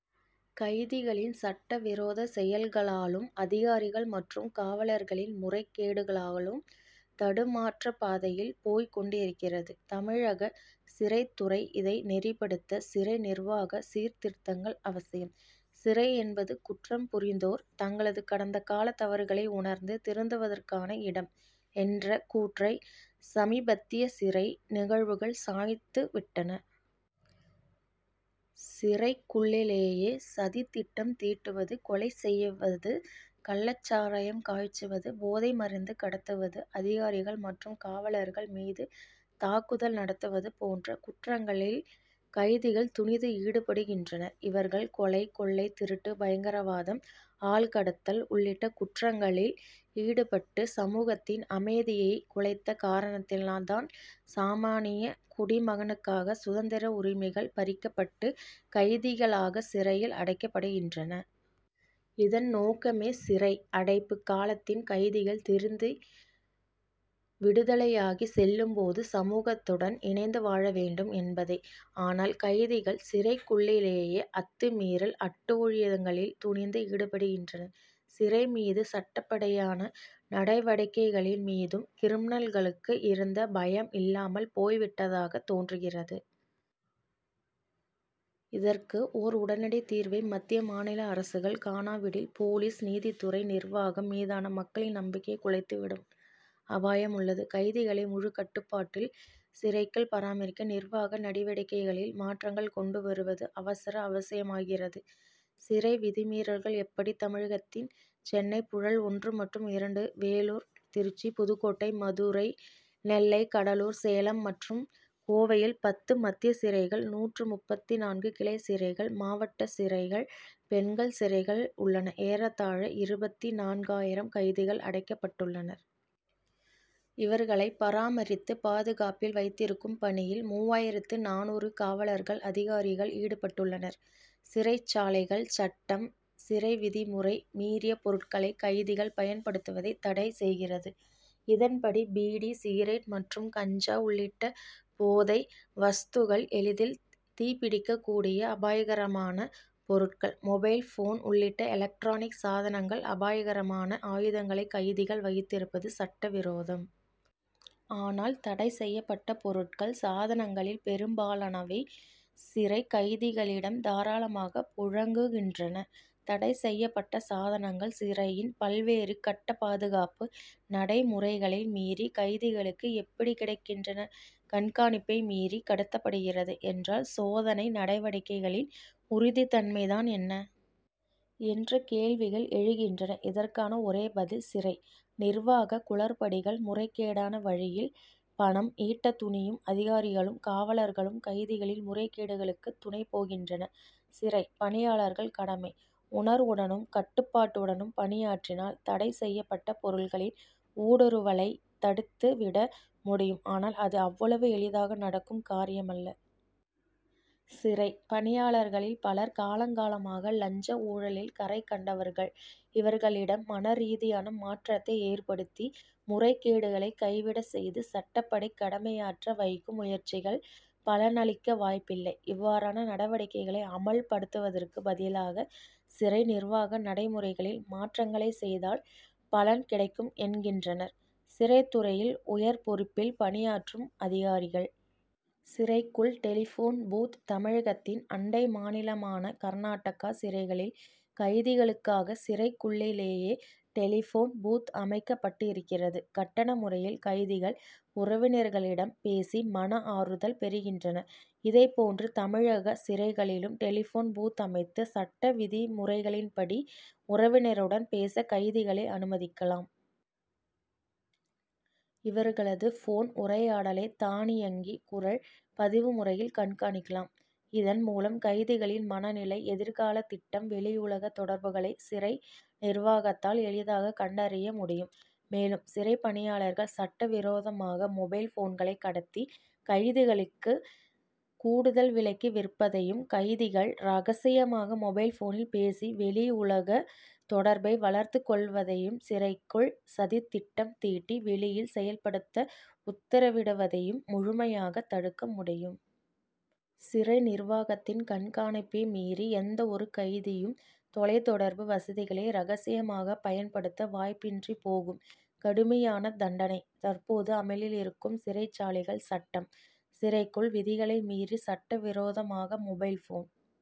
கைதிகளின் சட்டவிரோத செயல்களாலும், அதிகாரிகள் மற்றும் காவலர்களின் முறைகேடுகளாலும் தடுமாற்றப்பாதையில் போய்க் கொண்டிருக்கிறது, தமிழக சிறைத்துறை. இதை நெறிப்படுத்த, சிறை நிர்வாக சீர்திருத்தங்கள் அவசியம். சிறை என்பது, குற்றம்புரிந்தோர் தங்களது கடந்த கால தவறுகளை உணர்ந்து திருந்துவதற்கான இடம்' என்ற கூற்றை, சமீபத்திய சிறை நிகழ்வுகள் சாய்த்துவிட் டன. சிறைக்குள்ளேயே சதி திட்டம் தீட்டுவது, கொலை செய்வது, கள்ளச்சாராயம் காய்ச்சுவது, போதை மருந்து கடத்துவது, அதிகாரிகள் மற்றும் காவலர்கள் மீது தாக்குதல் நடத்துவது போன்ற குற்றங்களில் கைதிகள் துணிந்து ஈடுபடுகின்றனர். இவர்கள் கொலை, கொள்ளை, திருட்டு, பயங்கரவாதம், ஆள் கடத்தல் உள்ளிட்ட குற்றங்களில் ஈடுபட்டு சமூகத்தின் அமைதியை குலைத்த காரணத்தால்தான், சாமானிய குடிமகனுக்கான சுதந்திர உரிமைகள் பறிக்கப்பட்டு, கைதிகளாக சிறையில் அடைக்கப்படுகின்றனர். இதன் நோக்கமே, சிறை அடைப்பு காலத்தில் கைதிகள் திருந்தி, விடுதலையாகி செல்லும் போது சமூகத்துடன் இணைந்து வாழ வேண்டும் என்பதே. ஆனால், கைதிகள் சிறைக்குள்ளேயே அத்துமீறல், அட்டூழியங்களில் துணிந்து ஈடுபடுகின்றனர். சிறை மீதும், சட்டப்படியான நடவடிக்கைகளின் மீதும் கிரிமினல்களுக்கு இருந்த பயம் இல்லாமல் போய்விட்டதாகவே தோன்றுகிறது. இதற்கு ஓர் உடனடி தீர்வை மத்திய, மாநில அரசுகள் காணாவிடில் போலீஸ், நீதித்துறை, நிர்வாகம் மீதான மக்களின் நம்பிக்கையை குலைத்துவிடும் அபாயமுள்ளது. கைதிகளை முழு கட்டுப்பாட்டில் சிறைக்குள் பராமரிக்க, நிர்வாக நடவடிக்கைகளில் மாற்றங்களை கொண்டுவருவது அவசர அவசியமாகிறது. சிறை விதிமீறல்கள் எப்படி தமிழகத்தில் சென்னை புழல் ஒன்று மற்றும் இரண்டு, வேலூர், திருச்சி, புதுக்கோட்டை, மதுரை, நெல்லை, கடலூர், சேலம் மற்றும் கோவையில் பத்து மத்திய சிறைகள், நூற்று முப்பத்து நான்கு கிளைச்சிறைகள், மாவட்டச்சிறைகள், பெண்கள் சிறைகள் உள்ளன, ஏறத்தாழ இருபத்து நான்கு ஆயிரம் கைதிகள் அடைக்கப்பட்டுள்ளனர். இவர்களை பராமரித்து, பாதுகாப்பில் வைத்திருக்கும் பணியில் மூவாயிரத்து நானூறு காவலர்கள், அதிகாரிகள் ஈடுபட்டுள்ளனர். சிறைச்சாலைகள் சட்டம், சிறைவிதிமுறை மீறிய பொருட்களை கைதிகள் பயன்படுத்துவதை தடை செய்கிறது. இதன்படி பீடி, சிகரெட் மற்றும் கஞ்சா உள்ளிட்ட போதை வஸ்துகள், எளிதில் தீப்பிடிக்கக்கூடிய அபாயகரமான பொருட்கள், மொபைல் போன் உள்ளிட்ட எலக்ட்ரானிக் சாதனங்கள், அபாயகரமான ஆயுதங்களை கைதிகள் வைத்திருப்பது சட்டவிரோதம். ஆனால், தடை செய்யப்பட்ட பொருட்கள், சாதனங்களில் பெரும்பாலானவை சிறை கைதிகளிடம் தாராளமாக புழங்குகின்றன. தடை செய்யப் பட்ட சாதனங்கள், சிறையின் பல்வேறு கட்ட பாதுகாப்பு நடைமுறைகளை மீறி கைதிகளுக்கு எப்படி கிடைக்கின்றன? கண்காணிப்பை மீறி கடத்தப்படுகிறது என்றால், சோதனை நடவடிக்கைகளின் உறுதி தன்மை தான் என்ன? என்ற கேள்விகள் எழுகின்றன. இதற்கான ஒரே பதில், சிறை நிர்வாக குளறுபடிகள். முறைகேடான வழியில் பணம் ஈட்ட துணியும்அதிகாரிகளும், காவலர்களும் கைதிகளின் முறைகேடுகளுக்கு துணை போகின்றனர். சிறை பணியாளர்கள் கடமை உணர்வுடனும், கட்டுப்பாட்டுடனும் பணியாற்றினால், தடை செய்யப்பட்ட பொருட்களின் ஊடுருவலை தடுத்துவிட முடியும், ஆனால், அது அவ்வளவு எளிதாக நடக்கும் காரியமல்ல. சிறை பணியாளர்களில் பலர் காலங்காலமாக லஞ்ச, ஊழலில் கரைகண்டவர்கள். இவர்களிடம் மன ரீதியான மாற்றத்தை ஏற்படுத்தி, முறைகேடுகளை கைவிடச் செய்து, சட்டப்படி கடமையாற்ற வைக்கும் முயற்சிகள் பலனளிக்க வாய்ப்பில்லை. இவ்வாறான நடவடிக்கைகளை அமல்படுத்துவதற்கு பதிலாக, சிறை நிர்வாக நடைமுறைகளில் மாற்றங்களை செய்தால் பலன் கிடைக்கும் என்கின்றனர், சிறைத்துறையில் உயர்பொறுப்பில் பணியாற்றும் அதிகாரிகள். சிறைக்குள் டெலிபோன் பூத் தமிழகத்தின் அண்டை மாநிலமான கர்நாடக சிறைகளில் கைதிகளுக்காக சிறைக்குள்ளேயே டெலிபோன் பூத்' அமைக்கப்பட்டிருக்கிறது. கட்டண முறையில் கைதிகள் உறவினர்களிடம் பேசி, மன ஆறுதல் பெறுகின்றனர். இதே போன்று, தமிழக சிறைகளிலும் டெலிபோன் பூத்' அமைத்து, சட்ட விதிமுறைகளின்படி உறவினருடன் பேச கைதிகளை அனுமதிக்கலாம். இவர்களது போன் உரையாடலை, தானியங்கி குரல் பதிவு முறையில் கண்காணிக்கலாம். இதன் மூலம், கைதிகளின் மனநிலை, எதிர்கால திட்டம், வெளியுலக தொடர்புகளை சிறை நிர்வாகத்தால் எளிதாக கண்டறிய முடியும். மேலும், சிறை பணியாளர்கள் சட்டவிரோதமாக மொபைல் போன்களை கடத்தி கைதிகளுக்கு கூடுதல் விலைக்கு விற்பதையும், கைதிகள் ரகசியமாக மொபைல் போனில் பேசி வெளியுலக தொடர்பை வளர்த்துக் கொள்வதையும், சிறைக்குள் சதித்திட்டம் தீட்டி வெளியில் செயல்படுத்த உத்தரவிடுவதையும், முழுமையாக தடுக்க முடியும். சிறை நிர்வாகத்தின் கண்காணிப்பை மீறி, எந்தவொரு கைதியும் தொலைதொடர்பு வசதிகளை ரகசியமாக பயன்படுத்த வாய்ப்பின்றி போகும். கடுமையான தண்டனை தற்போது அமலில் இருக்கும் சிறைச்சாலைகள் சட்டம்', சிறைக்குள் விதிகளை மீறி சட்டவிரோதமாக மொபைல் போன்